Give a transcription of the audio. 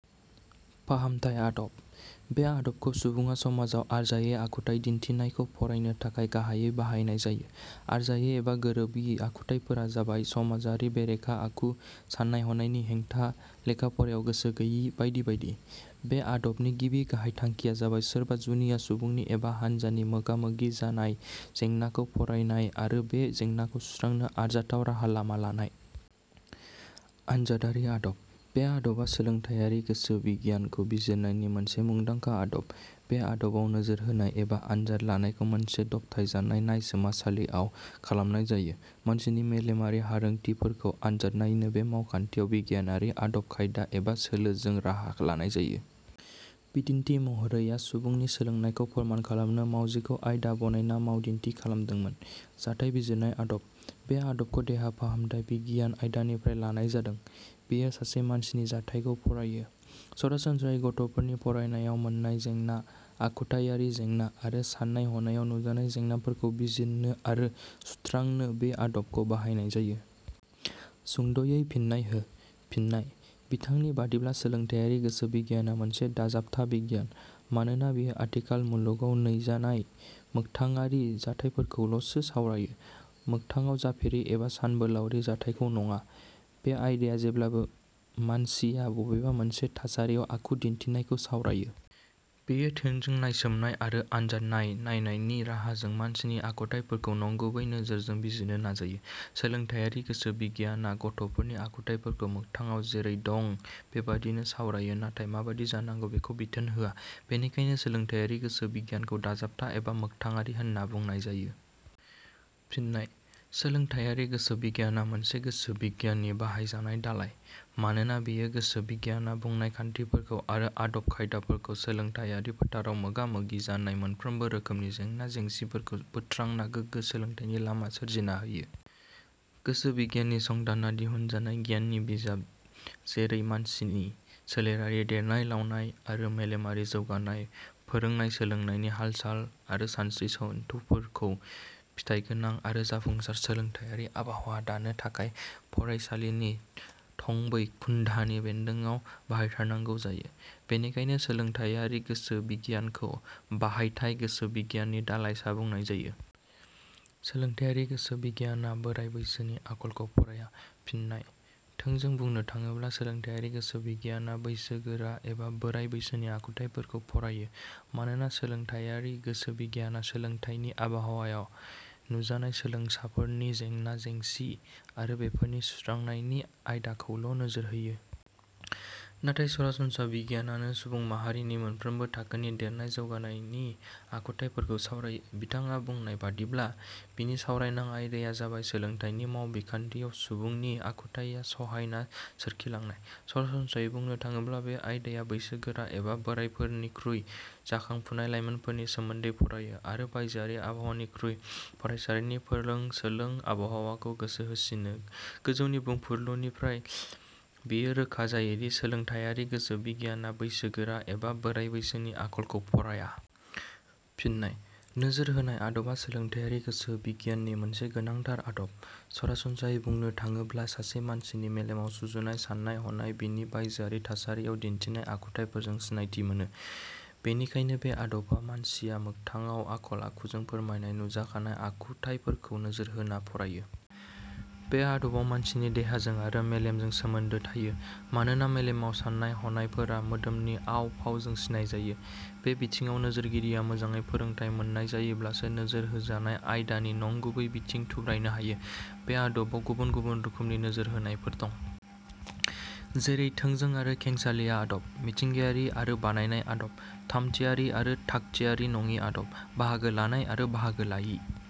फाहामथाय आदब: बे आदबखौ सुबुङा समाजाव आरजायै आखुथाइ दिन्थिनायखौ फरायनो थाखाय गाहाइयै बाहायनाय जायो। आरजायै एबा गोरोबि आखुथाइफोरा जाबाय-समाजारि बेरेखा आखु, सान्नाय-हनायनि हेंथा, लेखा-फरायाव गोसो गैयि बायदि बायदि। बे आदबनि गिबि गाहाइ थांखिया जाबाय सोरबा जुनिया सुबुंनि एबा हानजानि मोगा-मोगि जानाय जेंनाखौ फरायनाय आरो बे जेंनाखौ सुस्रांनो आरजाथाव राहा लामा लानाय।. आनजादारि आदब: बे आदबा सोलोंथाइयारि गोसो बिगियानखौ बिजिरनायनि मोनसे मुंदांखा आदब। बे आदबाव नोजोर होनाय एबा आनजाद लानायखौ मोनसे दबथायजानाय नायसोमासालि आव खालामनाय जायो। मानसिनि मेलेमारि हारोंथि फोरखौ आनजाद नायनो बे मावखान्थियाव बिगियानारि आदब खायदा एबा सोलोजों राहा लानाय जायो। बिदिन्थि महरै आ सुबुंनि सोलोंनायखौ फोरमान खालामनो मावजिखौ आयदा बनायना मावदिन्थि खालामदोंमोन।. जाथाइ बिजिरनाय आदब: बे आदबखौ देहा फाहामथाइ बिगियान आयदानिफ्राय लानाय जादों। बेयो सासे मानसिनि जाथाय खौ फरायो। सरासनस्रायै गथ 'फोरनि फरायनायाव मोन्नाय जेंना, आखुथाइयारि जेंना आरो सान्नाय हनायाव नुजानाय जेंनाफोरखौ बिजिरनो आरो सुत्रांनो बे आदबखौ बाहायनाय जायो।. सुंद'यै फिननाय हो: फिननाय:बिथां नि बादिब्ला सोलोंथाइयारि गोसो बिगियाना मोनसे दाजाबथा बिगियान। मानोना बियो आथिखाल मुलुगाव नैजानाय मोगथाङारि जाथायफोरखौल 'सो सावरायो। मोगथाङाव जाफेरि एबा सानबोलावरि जाथायखौ नङा। बे आयदाया जेब्लाबो मानसिया बबेबा मोनसे थासारियाव आखु दिन्थिनायखौ सावरायो। बेयो थोंजों नायसोमनाय आरो आनजादनाय नायनायनि राहाजों मानसिनि आखुथायफोरखौ नंगुबै नोजोरजों बिजिरनो नाजायो। सोलोंथाइयारि गोसो बिगियाना गथ'फोरनि आखुथाइफोरखौ मोगथाडाव जेरै- दं बेबादिनो सावरायो नाथाय माबादि जानांगौ बेखौ बिथोन होआ। बेनिखायनो सोलोंथाइयारि गोसो बिगियानखौ दाजाबथा एबा मोगथाङारि होनना बुंनाय जायो। फिननाय: सोलोंथाइयारि गोसो बिगियाना मोनसे गोसो बिगियाननि बाहायजानाय दालाइ। मानोना बेयो गोसो बिगियाना बुंनाय खान्थिफोरखौ आरो आदब खायदाफोरखौ सोलोंथाइयारि फोथाराव मोगा-मोगि जानाय मोनफ्रोमबो रोखोमनि जेंना जेंसिफोरखौ बोत्रांनानै गोगो सोलोंथाइनि लामा सोरजिना होयो। गोसो बिगियाननि संदानना दिहुनजानाय गियाननि बिजाब जेरै मानसिनि सोलेरारि देरनाय-लावनाय आरो मेलेमारि जौगानाय, फोरोंनाय- सोलोंनायनि हालसाल आरो सानस्रि-सानथौफोरखौ फिथाइगोनां आरो जाफुंसार सोलोंथाइयारि आबहावा दानो थाखाय फरायसालिनि थंबै खुन्धानि बेन्दोड़ाव बाहायथारनांगौ जायो। बेनिखायनो सोलोंथाइयारि गोसो बिगियानखौ बाहायथाय गोसो बिगियाननि दालाइसा बुंनाय जायो। सोलोंथाइयारि गोसो बिगियाना बोराइ बैसोनि आखलखौ फराया। फिननाय: थोंजों बुंनो थाङोब्ला सोलोंथायारि गोसो बिगियाना बैसो गोरा एबा बोराय बैसोनि आखुथाइखौ फरायो। मानोना सोलोंथाइयारि गोसो बिगियाना सोलोंथाइनि आबहावायाव नुजानाय सोलोंसाफोरनि जेंना जेंसि आरो बेफोरनि सुस्रांनायनि आयदाखौल'नोजोर होयो। नाथाय सरासनस्रा बिगियानानो सुबुं माहारिनि मोनफ्रोमबो थाखोनि देरनाय जौगानायनि आखुथाइफोरखौ सावरायो। बिथां आ बुंनाय बादिब्ला, बिनि सावरायनां आयदाया जाबाय सोलोंथाइनि मावबिखान्थियाव सुबुंनि आखुथाइया सहायना सोरखिलांनाय। सरासनस्रायै बुंनो थाङोब्ला बे आयदाया बैसो गोरा एबा बोरायफोरनिखुइ जाखां फुनाय लाइमोनफोरनि सोमोन्दै फरायो आरो बायजोआरि आबहावानिख्रुइ फरायसालिनि फोरों सोलों आबहावाखौ गोसो होसिनो गोजौनि बुंफुरलुनिफ्राय बेयो रोखा जायोदि सोलोंथायारि गोसो बिगियाना बैसो गोरा एबा बोराय बैसोनि आखलखौ फराया। फिननाय: नोजोर होनाय आदबा सोलोंथायारि गोसो बिगियाननि मोनसे गोनांथार आदब। सरासनस्रायै बुंनो थाङोब्ला सासे मानसिनि मेलेमाव सुजुनाय साननाय हनाय बिनि बायजोआरि थासारिआव दिन्थिनाय आखुथाइफोरजों सिनायथि मोनो। बेनिखायनो बे आदबा मानसिया मोगथाङाव आखल-आखुजों फोरमायनाय नुजाखानाय आखुथाइफोरखौ नोजोर होना फरायो। बे आदबाव मानसिनि देहाजों आरो मेलेमजों सोमोन्दो थायो। मानोना मेलेमाव साननाय हनायफोरा मोदोमनि आव-फावजों सिनाय जायो। बे बिथिङाव नोजोरगिरिया मोजाङै फोरोंथाइ मोननाय जायोब्लासो नोजोर होजानाय आयदानि नंगुबै बिथिं थुब्रायनो हायो। बे आदबाव गुबुन गुबुन रोखोमनि नोजोर होनायफोर दं। जेरै- थोंजों आरो खेंसालिया आदब। मिथिंगायारि आरो बानायनाय आदब। थामथियारि आरो थागथियारि नङि आदब। बाहागो लानाय आरो बाहागो लायि।